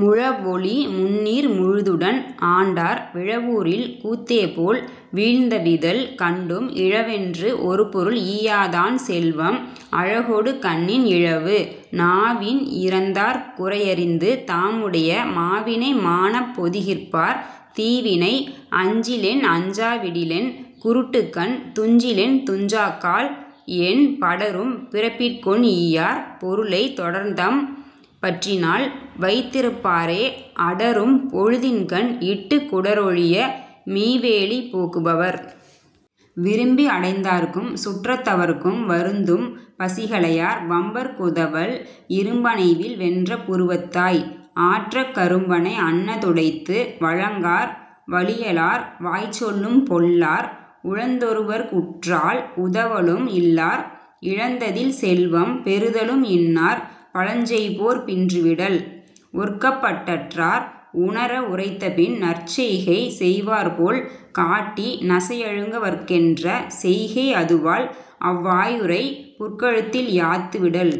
முழவொலி முந்நீர் முழுதுடன் ஆண்டார் விழவூரில் கூத்தேபோல் வீழ்ந்தவிதல் கண்டும் இழவென்று ஒருபொருள் ஈயாதான் செல்வம் 'அழகொடு கண்ணின் இழவு'. நாவின் இரந்தார் குறையறிந்து தாமுடைய மாவினை மாணப் பொதிகிற்பார் தீவினை அஞ்சிலென் அஞ்சா விடிலென் 'குருட்டுக்கண் துஞ்சிலென் துஞ்சாக்கால் என்? ' படரும் பிறப்பிற்கொன் ஈயார் பொருளைத் தொடருந்தம் பற்றினால் வைத்திறப் பாரே அடரும் பொழுதின்கண் இட்டுக் 'குடரொழிய மீவேலி போக்கு பவர்'. விரும்பி அடைந்தார்க்கும் சுற்றத் தவர்க்கும் வருந்தும் பசிகளையார் வம்பர்க் உதவல் இரும்பணைவில் வென்ற புருவத்தாய்! 'ஆற்றக் கரும்பனை அன்ன துடைத்து'. வழங்கார் வலியலார் வாய்ச்சொல்லும் பொல்லார் உழந்தொருவர்க் உற்றால் உதவலும் இல்லார் இழந்ததில் செல்வம் பெறுதலும் இன்னார் 'பழஞ்செய்போர் பின்று விடல்'. ஒற்கப்பட் டாற்றார் உணர உரைத்தபின் நற்செய்கை செய்வார்போல் காட்டி நசையழுங்க வற்கென்ற செய்கை அதுவால் அவ்வாயுறைப் புற்கழுத்தில் யாத்து விடல்'.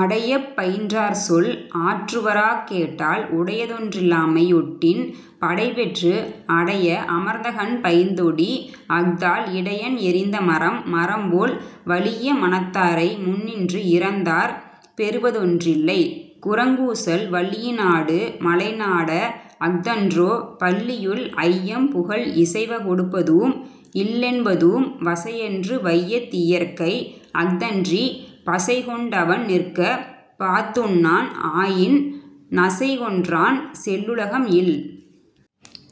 அடையப் பயின்றார்சொல் ஆற்றுவராக் கேட்டால் உடையதொன் றில்லாமை யொட்டின் படைபெற்று அடைய அமர்த்தகண் பைந்தொடி! அஃதால் 'இடையன் எறிந்த மரம்'. மரம்போல் வலிய மனத்தாரை முன்னின்று இரந்தார் பெறுவதொன் றில்லை குரங்கூசல் வள்ளியி னாடு மலைநாட! அஃதன்றோ 'பள்ளியுள் ஐயம் புகல்' இசைவ கொடுப்பதூஉம் இல்லென் பதூஉம் வசையன்று வையத் இயற்கை அஃதன்றிப் பசைகொண் டவன்நிற்கப் பாத்துண்ணான் ஆயின் 'நசைகொன்றான் செல்லுலகம் இல்'.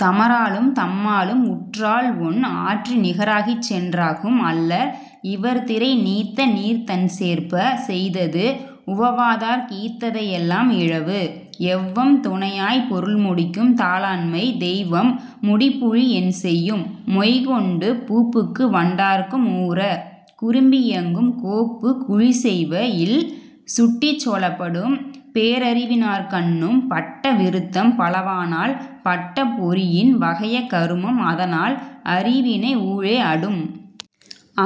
தமராலும் தம்மாலும் உற்றால்ஒன் ஆற்றி நிகராகிச் சென்றாகும் அல்லர் இவர்திரை நீத்தநீர்த் தண்சேர்ப்ப! செய்தது 'உவவாதார்க் ஈத்ததை எல்லாம் இழவு'. எவ்வம் துணையாய்ப் பொருள்முடிக்கும் தாளாண்மை தெய்வம் முடிப்புழி என்செய்யும்? மொய்கொண்டு பூப்புக்கு வண்டார்க்கும் ஊர! 'குறும்பியங்கும் கோப்புக் குழிச்செய்வ இல்'. சுட்டிச் சொலப்படும் பேரறிவி னார்கண்ணும் பட்ட விருத்தம் பலவானால் பட்ட பொறியின் வகைய கருமம் அதனால் 'அறிவினை ஊழே அடும்'.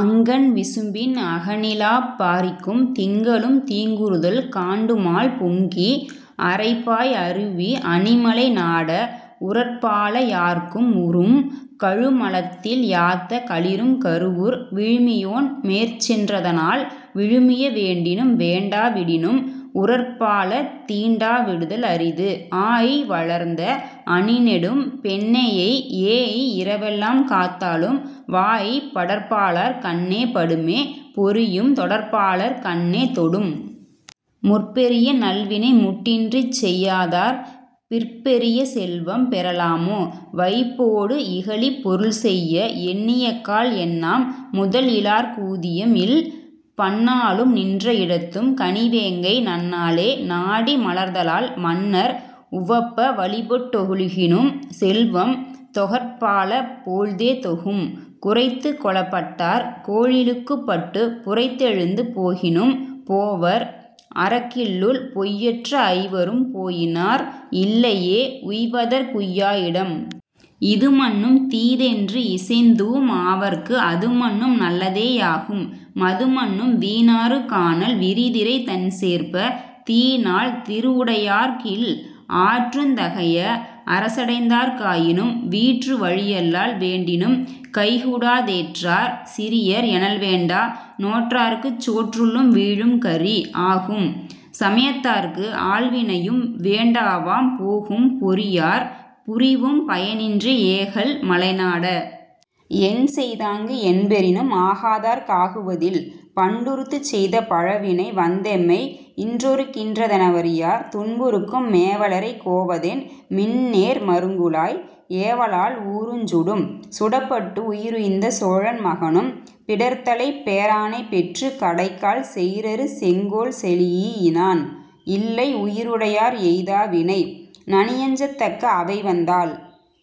அங்கண் விசும்பின் அகனிலாப் பாரிக்கும் திங்களும் தீங்குறுதல் காண்டுமால் பொங்கி அறைப்பாய் அருவி அணிமலை நாட! 'உறற்பால யார்க்கும் உறும்'. கழுமலத்தில் யாத்த களிறும் கருவூர் விழுமியோன் மேற்சென் றதனால் விழுமிய வேண்டினும் வேண்டா விடினும் 'உறற்பால தீண்டா விடுதல் அரிது'. ஆஅய் வளர்ந்த அணிநெடும் பெண்ணையை ஏஎய் இரவெல்லாம் காத்தாலும் வாஅய்ப் படற்பாலார் கண்ணே படுமே 'பொறியும் தொடற்பாலார் கண்ணே தொடும்'. முற்பெரிய நல்வினை முட்டின்றிச் செய்யாதார் பிற்பெரிய செல்வம் பெறலாமோ? வைப்போடு இகலிப் பொருள்செய்ய எண்ணியக்கால் என்னாம்? 'முதல்இலார்க் ஊதியம் இல்'. பன்னாளும் நின்ற இடத்தும் கணிவேங்கை நன்னாளே நாடி மலர்தலால் மன்னர் உவப்ப வழிபட் டொழுகினும் செல்வம் 'தொகற்பால போழ்தே தொகும்'. குரைத்துக் கொளப்பட்டார் கோளிழுக்குப் பட்டுப் புரைத்தெழுந்து போகினும் போவர் அரக்கில்லுள் பொய்யற்ற ஐவரும் போயினார் 'இல்லையே உய்வதற் உய்யா இடம்'. இதுமன்னும் தீதென்று இசைந்ததூஉம் ஆவார்க்கு அதுமன்னும் நல்லதே யாகும் மதுமன்னும் வீநாறு கானல் விரிதிரை தண்சேர்ப்ப! 'தீநாள் திருவுடையார்க் இல்' ஆற்றுந் தகைய அரசடைந்தார்க் காயினும் வீற்று வழியல்லால் வேண்டினும் கைகூடா தேற்றார் சிறியர் எனல்வேண்டா 'நோற்றார்க்குச் சோற்றுள்ளும் வீழும் கறி'. ஆகும் சமயத்தார்க்கு ஆள்வினையும் வேண்டாவாம் போகும் பொறியார் புரிவும் பயனின்றே ஏகல் மலைநாட! என்செய்தாங்கு என்பெறினும் 'ஆகாதார்க் ஆகுவது இல்'. பண்டுருத்துச் செய்த பழவினை வந்தெம்மை இன்றொறுக் கின்ற தெனவறியார் துன்புறுக்கும் மேவலரை கோவதென்? மின்னேர் மருங்குலாய்! 'ஏவலாள் ஊருஞ் சுடும்'. சுடப்பட்டு உயிருய்ந்த சோழன் மகனும் பிடர்த்தலைப் பேரானைப் பெற்றுக் கடைக்கால் செயிரறு செங்கோல் செலீஇயனான் 'இல்லை உயிருடையார் எய்தா வினை. ' நனியஞ்சத் தக்க அவைவந்தால்